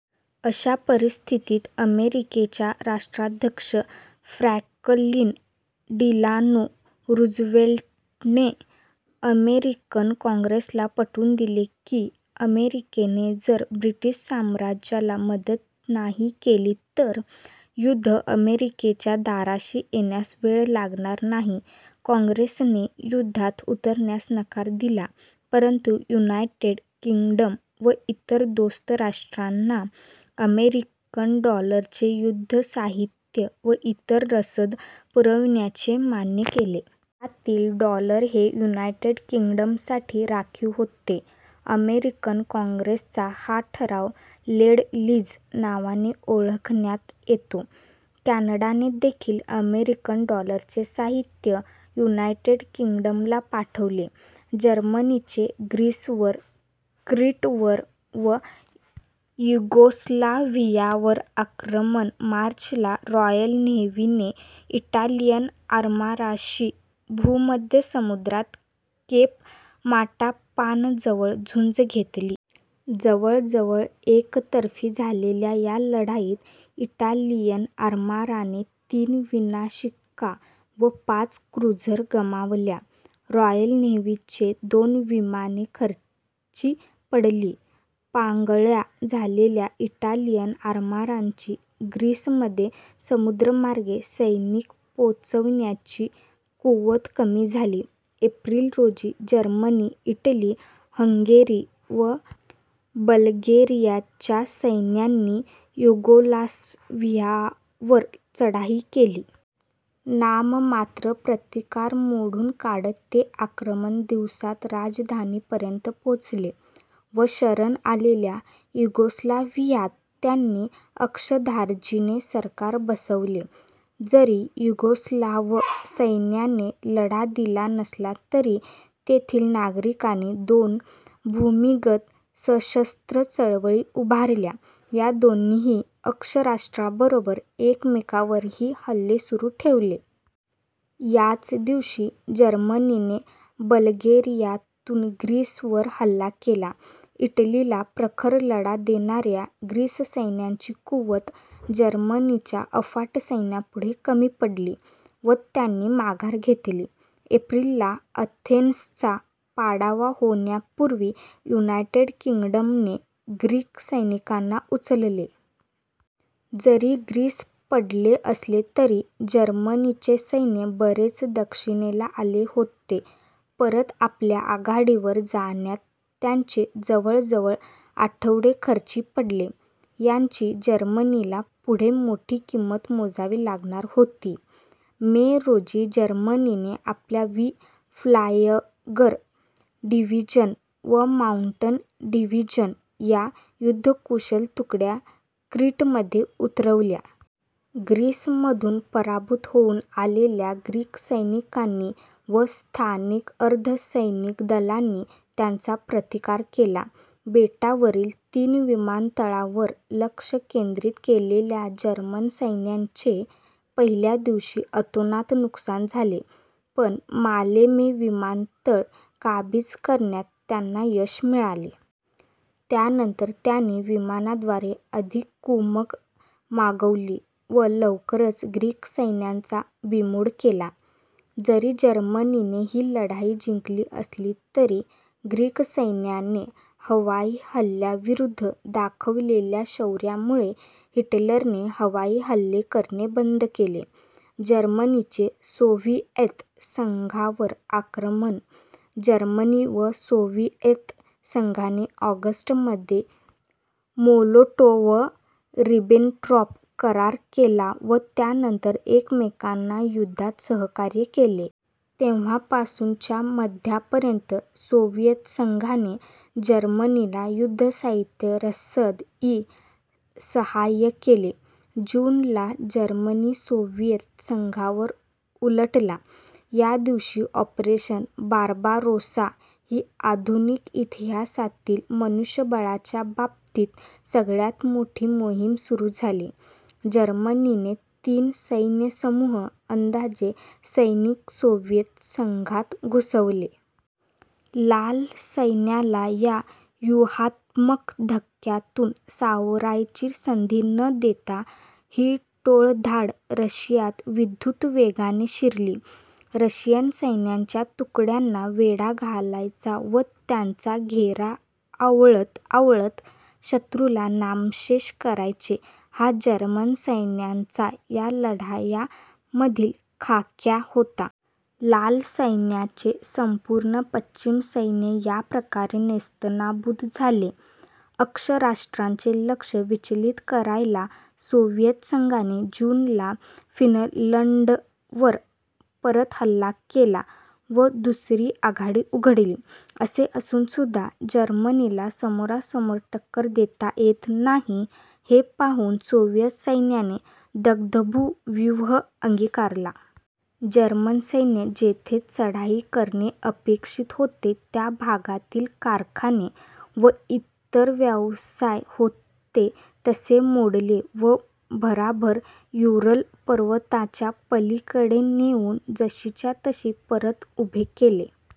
अशा परिस्थितीत अमेरिकेच्या राष्ट्राध्यक्ष फ्रॅंकलिन डिलानो रूझवेल्टने अमेरिकन काँग्रेसला पटवून दिले की अमेरिकेने जर ब्रिटिश साम्राज्याला मदत नाही केली तर युद्ध अमेरिकेच्या दाराशी येण्यास वेळ लागणार नाही. कॉॅंग्रेसने युद्धात उतरण्यास नकार दिला परंतु युनायटेड किंग्डम व इतर दोस्त राष्ट्रांना अमेरिकन डॉलरचे युद्धसाहित्य व इतर रसद पुरवण्याचे मान्य केले. यातील डॉलर हे युनायटेड किंग्डमसाठी राखीव होते. अमेरिकन कॉॅंग्रेसचा हा ठराव लेंड लीझ नावाने ओळखण्यात येतो. कॅनडाने देखिल अमेरिकन डॉलरचे साहित्य युनायटेड किंग्डमला पाठवले. जर्मनीचे ग्रीसवर, क्रीटवर व युगोस्लाव्हियावर आक्रमण मार्च ला रॉयल नेव्हीने इटालियन आरमाराशी भूमध्य समुद्रात केप माटापानजवळ झुंज घेतली. जवळजवळ एकतर्फी झालेल्या या लढाईत इटालियन आरमाराने तीन विनाशिका व पाच क्रुझर गमावल्या. रॉयल नेव्हीची दोन विमाने खर्ची पडली. पांगळ्या झालेल्या इटालियन आरमाराची ग्रीसमध्ये समुद्रमार्गे सैनिक पोचवण्याची कुवत कमी झाली. एप्रिल, रोजी जर्मनी, इटली, हंगेरी व बल्गेरियाच्या सैन्यांनी युगोस्लाव्हियावर चढाई केली. नाममात्र प्रतिकार मोडून काढत हे आक्रमक दिवसांत राजधानीपर्यंत पोचले व शरण आलेल्या युगोस्लाव्हियात त्यांनी अक्ष-धार्जिणे सरकार बसवले. जरी युगोस्लाव्ह सैन्याने लढा दिला नसला तरी तेथील नागरिकांनी दोन भूमिगत सशस्त्र चळवळी उभारल्या. या दोन्हींनी अक्ष राष्ट्रांबरोबर एकमेकांवरही हल्ले सुरू ठेवले. याच दिवशी जर्मनीने बल्गेरियातून ग्रीसवर हल्ला केला. इटलीला प्रखर लढा देणाऱ्या ग्रीक सैन्याची कुवत जर्मनीच्या अफाट सैन्यापुढे कमी पडली व त्यांनी माघार घेतली. एप्रिल ला अथेन्सचा पाडाव होण्यापूर्वी युनायटेड किंग्डमने ग्रीक सैनिकांना उचलले. जरी ग्रीस पडले असले तरी जर्मनीचे सैन्य बरेच दक्षिणेला आले होते. परत आपल्या आघाडीवर जाण्यात त्यांचे जवळजवळ आठवडे खर्ची पडले. याची जर्मनीला पुढे मोठी किंमत मोजावी लागणार होती. मे, रोजी जर्मनीने आपल्या वी फ्लायगर डिव्हिजन व माउंटन डिव्हिजन या युद्धकुशल तुकड्या क्रीटमध्ये उतरवल्या. ग्रीसमधून पराभूत होऊन आलेल्या ग्रीक सैनिकांनी व स्थानिक अर्धसैनिक दलांनी त्यांचा प्रतिकार केला. बेटावरील तीन विमानतळांवर लक्ष केंद्रित केलेल्या जर्मन सैन्याचे पहिल्या दिवशी अतोनात नुकसान झाले पण मालेमे विमानतळ काबीज करण्यात त्यांना यश मिळाले. त्यानंतर त्यांनी विमानाद्वारे अधिक कुमक मागवली व लवकरच ग्रीक सैन्याचा बीमोड केला. जरी जर्मनीने ही लढाई जिंकली असली तरी ग्रीक सैन्याने हवाईहल्ल्यांविरुद्ध दाखवलेल्या शौर्यामुळे हिटलरने हवाई हल्ले करणे बंद केले. जर्मनीचे सोव्हिएत संघावर आक्रमण जर्मनी व सोव्हिएत संघाने ऑगस्ट मध्ये मोलोटॉव्ह-रिबेनट्रॉप करार केला व त्यानंतर एकमेकांना युद्धात सहकार्य केले. तेव्हापासून च्या मध्यापर्यंत सोव्हिएत संघाने जर्मनीला युद्धसाहित्य, रसद, इ. साहाय्य केले. जून, ला जर्मनी सोव्हिएत संघावर उलटला. या दिवशी ऑपरेशन बार्बारोसा ही आधुनिक इतिहासातील मनुष्यबळाच्या बाबतीत सगळ्यात मोठी मोहीम सुरू झाली. जर्मनीने तीन सैन्यसमूह, अंदाजे सैनिक सोव्हिएत संघात घुसवले. लाल सैन्याला या व्यूहात्मक धक्क्यातून सावरायची संधी न देता ही टोळधाड रशियात विद्युतवेगाने शिरली. रशियन सैन्याच्या तुकड्यांना वेढा घालायचा व त्याचा घेरा आवळत आवळत शत्रूला नामशेष करायचे हा जर्मन सैन्याचा या लढायांमधील खाक्या होता. लाल सैन्याचे संपूर्ण पश्चिम सैन्य याप्रकारे नेस्तनाबूद झाले. अक्ष राष्ट्रांचे लक्ष विचलित करायला सोव्हिएत संघाने जून ला फिनलंडवर परत हल्ला केला व दुसरी आघाडी उघडली. असे असूनसुद्धा जर्मनीला समोरासमोर टक्कर देता येत नाही हे पाहून सोव्हिएत सैन्याने दग्धभू व्यूह अंगिकारला. जर्मन सैन्य जेथे चढाई करणे अपेक्षित होते त्या भागातील कारखाने व इतर व्यवसाय होते तसे मोडले व भराभर युरल पर्वतांच्या पलीकडे नेउन जशीच्या तशी परत उभे केले.